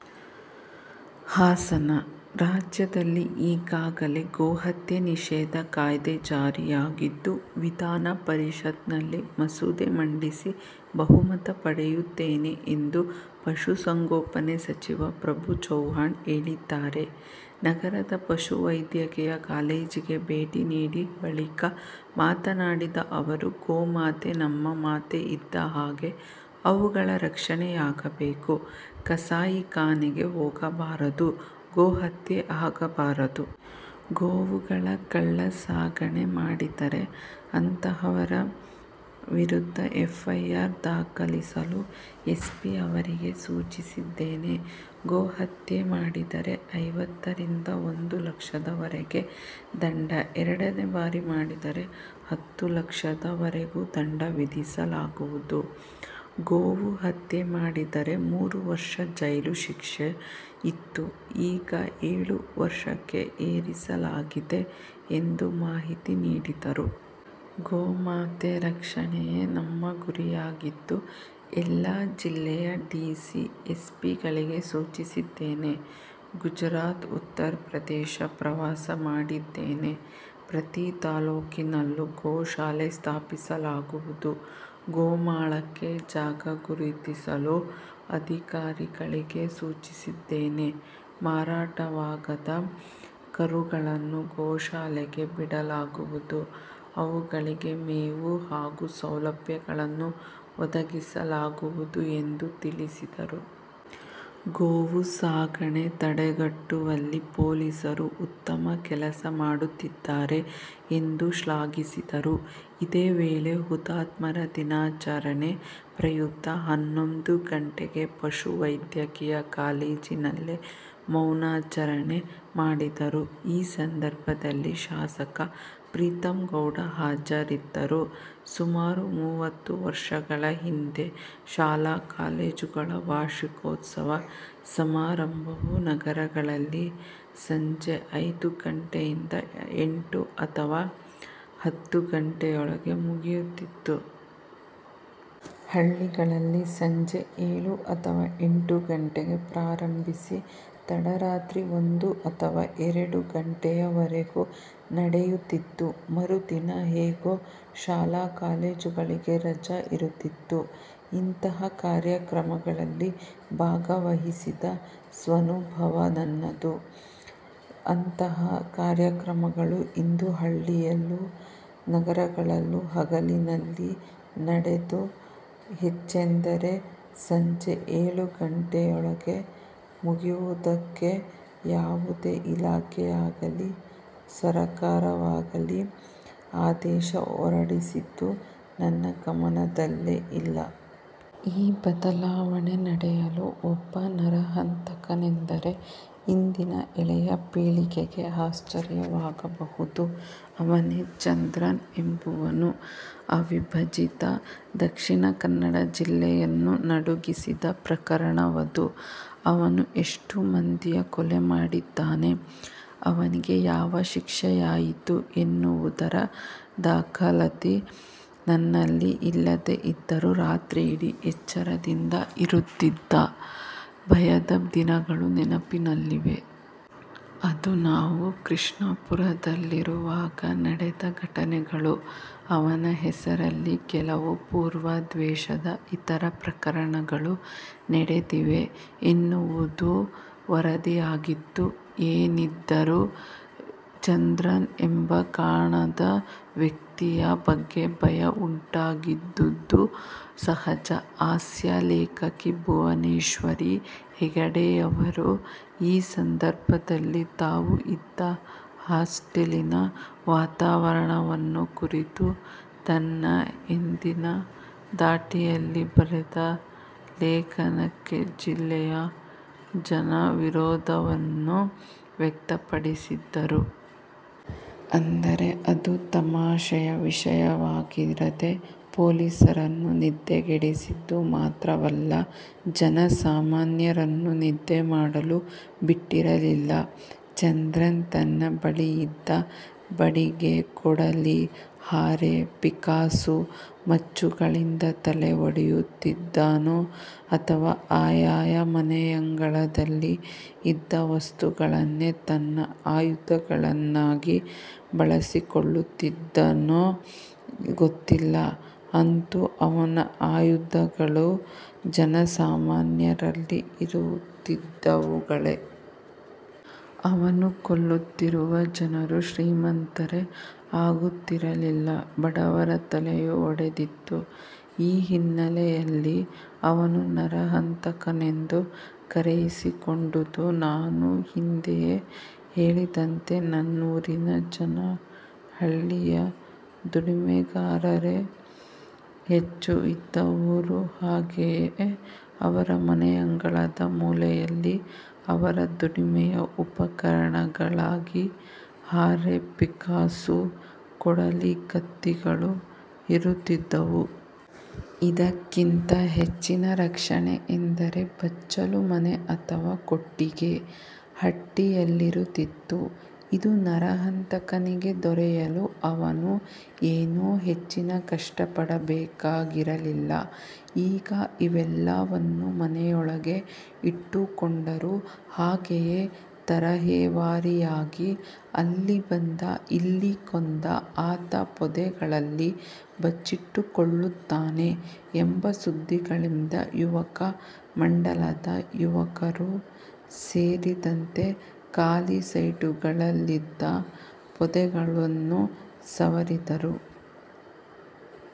ಹಾಸನ: ರಾಜ್ಯದಲ್ಲಿ ಈಗಾಗಲೇ ಗೋಹತ್ಯೆ ನಿಷೇಧ ಕಾಯ್ದೆ ಜಾರಿಯಾಗಿದ್ದು, ವಿಧಾನ ಪರಿಷತ್ ನಲ್ಲಿ ಮಸೂದೆ ಮಂಡಿಸಿ ಬಹುಮತ ಪಡೆಯುತ್ತೇನೆ ಎಂದು ಪಶುಸಂಗೋಪನೆ ಸಚಿವ ಫ್ರಭುಚೌವ್ಹಾಣ್ ಹೇಳಿದ್ದಾರೆ. ನಗರದ ಪಶುವೈದ್ಯಕೀಯ ಕಾಲೇಜಿಗೆ ಭೇಟಿ ನೀಡಿ ಬಳಿಕ ಮಾತನಾಡಿದ ಅವರು, ಗೋಮಾತೆ ನಮ್ಮ ಮಾತೆ ಇದ್ದಹಾಗೆ ಅವುಗಳ ರಕ್ಷಣೆಯಾಗಬೇಕು, ಕಸಾಯಿಖಾನೆಗೆ ಹೋಗಬಾರದು, ಗೋಹತ್ಯೆ ಆಗಬಾರದು. ಗೋವುಗಳ ಕಳ್ಳ ಸಾಗಣೆ ಮಾಡಿದರೆ ಅಂತಹವರ ವಿರುದ್ಧ ಎಫ್ಐಆರ್ ದಾಖಲಿಸಲು ಎಸ್ಪಿ ಅವರಿಗೆ ಸೂಚಿಸಿದ್ದೇನೆ. ಗೋಹತ್ಯೆ ಮಾಡಿದರೆ ಐವತ್ತರಿಂದ ಒಂದು ಲಕ್ಷದವರೆಗೆ ದಂಡ, ಎರಡನೇ ಬಾರಿ ಮಾಡಿದರೆ ಹತ್ತು ಲಕ್ಷದವರೆಗೂ ದಂಡ ವಿಧಿಸಲಾಗುವುದು. ಗೋವು ಹತ್ಯೆ ಮಾಡಿದರೆ ಮೂರು ವರ್ಷ ಜೈಲು ಶಿಕ್ಷೆ ಇತ್ತು ಈಗ ಏಳು ವರ್ಷಕ್ಕೆ ಏರಿಸಲಾಗಿದೆ ಎಂದು ಮಾಹಿತಿ ನೀಡಿದರು. ಗೋಮಾತೆ ರಕ್ಷಣೆಯೇ ನಮ್ಮ ಗುರಿಯಾಗಿದ್ದು, ಎಲ್ಲ ಜಿಲ್ಲೆಯ ಡಿಸಿ, ಎಸ್ಪಿ ಗಳಿಗೆ ಸೂಚಿಸಿದ್ದೇನೆ. ಗುಜರಾತ್, ಉತ್ತರಪ್ರದೇಶ ಪ್ರವಾಸ ಮಾಡಿದ್ದೇನೆ. ಪ್ರತಿ ತಾಲೂಕಿನಲ್ಲೂ ಗೋಶಾಲೆ ಸ್ಥಾಪಿಸಲಾಗುವುದು, ಗೋಮಾಳಕ್ಕೆ ಜಾಗ ಗುರುತಿಸಲು ಅಧಿಕಾರಿಗಳಿಗೆ ಸೂಚಿಸಿದ್ದೇನೆ, ಮಾರಾಟವಾಗದ ಕರುಗಳನ್ನು ಗೋಶಾಲೆಗೆ ಬಿಡಲಾಗುವುದು, ಅವುಗಳಿಗೆ ಮೇವು ಹಾಗೂ ಸೌಲಭ್ಯಗಳನ್ನು ಒದಗಿಸಲಾಗುವುದು ಎಂದು ತಿಳಿಸಿದರು. ಗೋವು ಸಾಗಾಣೆ ತಡೆಗಟ್ಟುವಲ್ಲಿ ಪೊಲೀಸರು ಉತ್ತಮ ಕೆಲಸ ಮಾಡುತ್ತಿದ್ದಾರೆ ಎಂದು ಶ್ಲಾಘಿಸಿದರು. ಇದೇ ವೇಳೆ ಹುತಾತ್ಮರ ದಿನಾಚರಣೆ ಪ್ರಯುಕ್ತ ಹನ್ನೊಂದು ಗಂಟೆಗೆ ಪಶುವೈದ್ಯಕೀಯ ಕಾಲೇಜಿನಲ್ಲೇ ಮೌನಾಚರಣೆ ಮಾಡಿದರು. ಈ ಸಂದರ್ಭದಲ್ಲಿ ಶಾಸಕ ಪ್ರೀತಂಗೌಡ ಹಾಜರಿದ್ದರು. ಸುಮಾರು ಮೂವತ್ತು ವರ್ಷಗಳ ಹಿಂದೆ ಶಾಲಾ ಕಾಲೇಜುಗಳ ವಾರ್ಷಿಕೋತ್ಸವ ಸಮಾರಂಭವು ನಗರಗಳಲ್ಲಿ ಸಂಜೆ ಐದು ಗಂಟೆಯಿಂದ ಎಂಟು ಅಥವಾ ಹತ್ತು ಗಂಟೆಯೊಳಗೆ ಮುಗಿಯುತ್ತಿತ್ತು. ಹಳ್ಳಿಗಳಲ್ಲಿ ಸಂಜೆ ಏಳು ಅಥವಾ ಎಂಟು ಗಂಟೆಗೆ ಪ್ರಾರಂಭಿಸಿ ತಡರಾತ್ರಿ ಒಂದು ಅಥವಾ ಎರಡು ಗಂಟೆಯವರೆಗೂ ನಡೆಯುತ್ತಿತ್ತು. ಮರುದಿನ ಹೇಗೂ ಶಾಲಾ ಕಾಲೇಜುಗಳಿಗೆ ರಜಾ ಇರುತ್ತಿತ್ತು. ಇಂತಹ ಕಾರ್ಯಕ್ರಮಗಳಲ್ಲಿ ಭಾಗವಹಿಸಿದ ಸ್ವಾನುಭವ ನನ್ನದು. ಅಂತಹ ಕಾರ್ಯಕ್ರಮಗಳು ಇಂದು ಹಳ್ಳಿಯಲ್ಲೂ ನಗರಗಳಲ್ಲೂ ಹಗಲಿನಲ್ಲಿ ನಡೆದು ಹೆಚ್ಚೆಂದರೆ ಸಂಜೆ ಏಳು ಗಂಟೆಯೊಳಗೆ ಮುಗಿಯುವುದಕ್ಕೆ ಯಾವುದೇ ಇಲಾಖೆಯಾಗಲಿ, ಸರಕಾರವಾಗಲಿ ಆದೇಶ ಹೊರಡಿಸಿದ್ದು ನನ್ನ ಗಮನದಲ್ಲಿ ಇಲ್ಲ. ಈ ಬದಲಾವಣೆ ನಡೆಯಲು ಒಬ್ಬ ನರಹಂತಕನೆಂದರೆ ಇಂದಿನ ಎಳೆಯ ಪೀಳಿಗೆಗೆ ಆಶ್ಚರ್ಯವಾಗಬಹುದು. ಅವನೇ ಚಂದ್ರನ್ ಎಂಬವನು. ಅವಿಭಜಿತ ದಕ್ಷಿಣ ಕನ್ನಡ ಜಿಲ್ಲೆಯನ್ನು ನಡುಗಿಸಿದ ಪ್ರಕರಣವದು. ಅವನು ಎಷ್ಟು ಮಂದಿಯ ಕೊಲೆ ಮಾಡಿದ್ದಾನೆ, ಅವನಿಗೆ ಯಾವ ಶಿಕ್ಷೆಯಾಯಿತು ಎನ್ನುವುದರ ದಾಖಲಾತಿ ನನ್ನಲ್ಲಿ ಇಲ್ಲದೆ ಇದ್ದರೂ ರಾತ್ರಿಯಿಡೀ ಎಚ್ಚರದಿಂದ ಇರುತ್ತಿದ್ದ ಭಯದ ದಿನಗಳು ನೆನಪಿನಲ್ಲಿವೆ. ಅದು ನಾವು ಕೃಷ್ಣಾಪುರದಲ್ಲಿರುವಾಗ ನಡೆದ ಘಟನೆಗಳು. ಅವನ ಹೆಸರಲ್ಲಿ ಕೆಲವು ಪೂರ್ವದ್ವೇಷದ ಇತರ ಪ್ರಕರಣಗಳೂ ನಡೆದಿವೆ ಎನ್ನುವುದೂ ವರದಿಯಾಗಿತ್ತು. ಏನಿದ್ದರೂ ಚಂದ್ರನ್ ಎಂಬ ಕಾಣದ ವ್ಯಕ್ತಿಯ ಬಗ್ಗೆ ಭಯ ಉಂಟಾಗಿದ್ದುದು ಸಹಜ. ಹಾಸ್ಯ ಲೇಖಕಿ ಭುವನೇಶ್ವರಿ ಹೆಗಡೆಯವರು ಈ ಸಂದರ್ಭದಲ್ಲಿ ತಾವು ಇದ್ದ ಹಾಸ್ಟೆಲಿನ ವಾತಾವರಣವನ್ನು ಕುರಿತು ತನ್ನ ಎಂದಿನ ಧಾಟಿಯಲ್ಲಿ ಬರೆದ ಲೇಖನಕ್ಕೆ ಜಿಲ್ಲೆಯ ಜನ ವಿರೋಧವನ್ನೂ ವ್ಯಕ್ತಪಡಿಸಿದ್ದರು. ಅಂದರೆ ಅದು ತಮಾಷೆಯ ವಿಷಯವಾಗಿರದೆ ಪೊಲೀಸರನ್ನು ನಿದ್ದೆಗೆಡಿಸಿದ್ದು ಮಾತ್ರವಲ್ಲ, ಜನ ಸಾಮಾನ್ಯರನ್ನೂ ನಿದ್ದೆ ಮಾಡಲು ಬಿಟ್ಟಿರಲಿಲ್ಲ. ಚಂದ್ರನ್ ತನ್ನ ಬಳಿಯಿದ್ದ ಬಡಿಗೆ, ಕೊಡಲಿ, ಹಾರೆ, ಪಿಕ್ಕಾಸು, ಮಚ್ಚುಗಳಿಂದ ತಲೆ ಒಡೆಯುತ್ತಿದ್ದನೋ ಅಥವಾ ಆಯಾಯ ಮನೆಯಂಗಳದಲ್ಲಿ ಇದ್ದ ವಸ್ತುಗಳನ್ನೇ ತನ್ನ ಆಯುಧಗಳನ್ನಾಗಿ ಬಳಸಿಕೊಳ್ಳುತ್ತಿದ್ದನೋ ಗೊತ್ತಿಲ್ಲ. ಅಂತೂ ಅವನ ಆಯುಧಗಳು ಜನ ಸಾಮಾನ್ಯರಲ್ಲಿ ಇರುತ್ತಿದ್ದವುಗಳೇ. ಅವನು ಕೊಲ್ಲುತ್ತಿರುವ ಜನರು ಶ್ರೀಮಂತರೇ ಆಗಿರುತ್ತಿರಲಿಲ್ಲ, ಬಡವರ ತಲೆಯೂ ಒಡೆದಿತ್ತು. ಈ ಹಿನ್ನೆಲೆಯಲ್ಲಿ ಅವನು ನರಹಂತಕನೆಂದು ಕರೆಯಿಸಿಕೊಂಡುದು. ನಾನು ಹಿಂದೆಯೇ ಹೇಳಿದಂತೆ ನನ್ನೂರಿನ ಜನ ಹಳ್ಳಿಯ ದುಡಿಮೆಗಾರರೇ ಹೆಚ್ಚು ಇದ್ದ ಊರು. ಹಾಗೆಯೇ ಅವರ ಮನೆಯಂಗಳದ ಮೂಲೆಯಲ್ಲಿ ಅವರ ದುಡಿಮೆಯ ಉಪಕರಣಗಳಾಗಿ ಹಾರೆ, ಪಿಕ್ಕಾಸು, ಕೊಡಲಿ, ಕತ್ತಿಗಳು ಇರುತ್ತಿದ್ದುವು. ಇದಕ್ಕಿಂತ ಹೆಚ್ಚಿನ ರಕ್ಷಣೆ ಎಂದರೆ ಬಚ್ಚಲು ಮನೆ ಅಥವಾ ಕೊಟ್ಟಿಗೆ, ಹಟ್ಟಿಯಲ್ಲಿರುತ್ತಿತ್ತು. ಇದು ನರಹಂತಕನಿಗೆ ದೊರೆಯಲು ಅವನು ಏನೂ ಹೆಚ್ಚಿನ ಕಷ್ಟಪಡಬೇಕಾಗಿರಲಿಲ್ಲ. ಈಗ ಇವೆಲ್ಲವನ್ನೂ ಮನೆಯೊಳಗೆ ಇಟ್ಟುಕೊಂಡರು. ಹಾಗೆಯೇ ತರಹೇವಾರಿಯಾಗಿ ಅಲ್ಲಿ ಬಂದ, ಇಲ್ಲಿ ಕೊಂದ, ಆತ ಪೊದೆಗಳಲ್ಲಿ ಬಚ್ಚಿಟ್ಟುಕೊಳ್ಳುತ್ತಾನೆ ಎಂಬ ಸುದ್ದಿಗಳಿಂದ ಯುವಕ ಮಂಡಲದ ಯುವಕರೂ ಸೇರಿದಂತೆ ಖಾಲಿ ಸೈಟುಗಳಲ್ಲಿದ್ದ ಪೊದೆಗಳನ್ನು ಸವರಿದರು.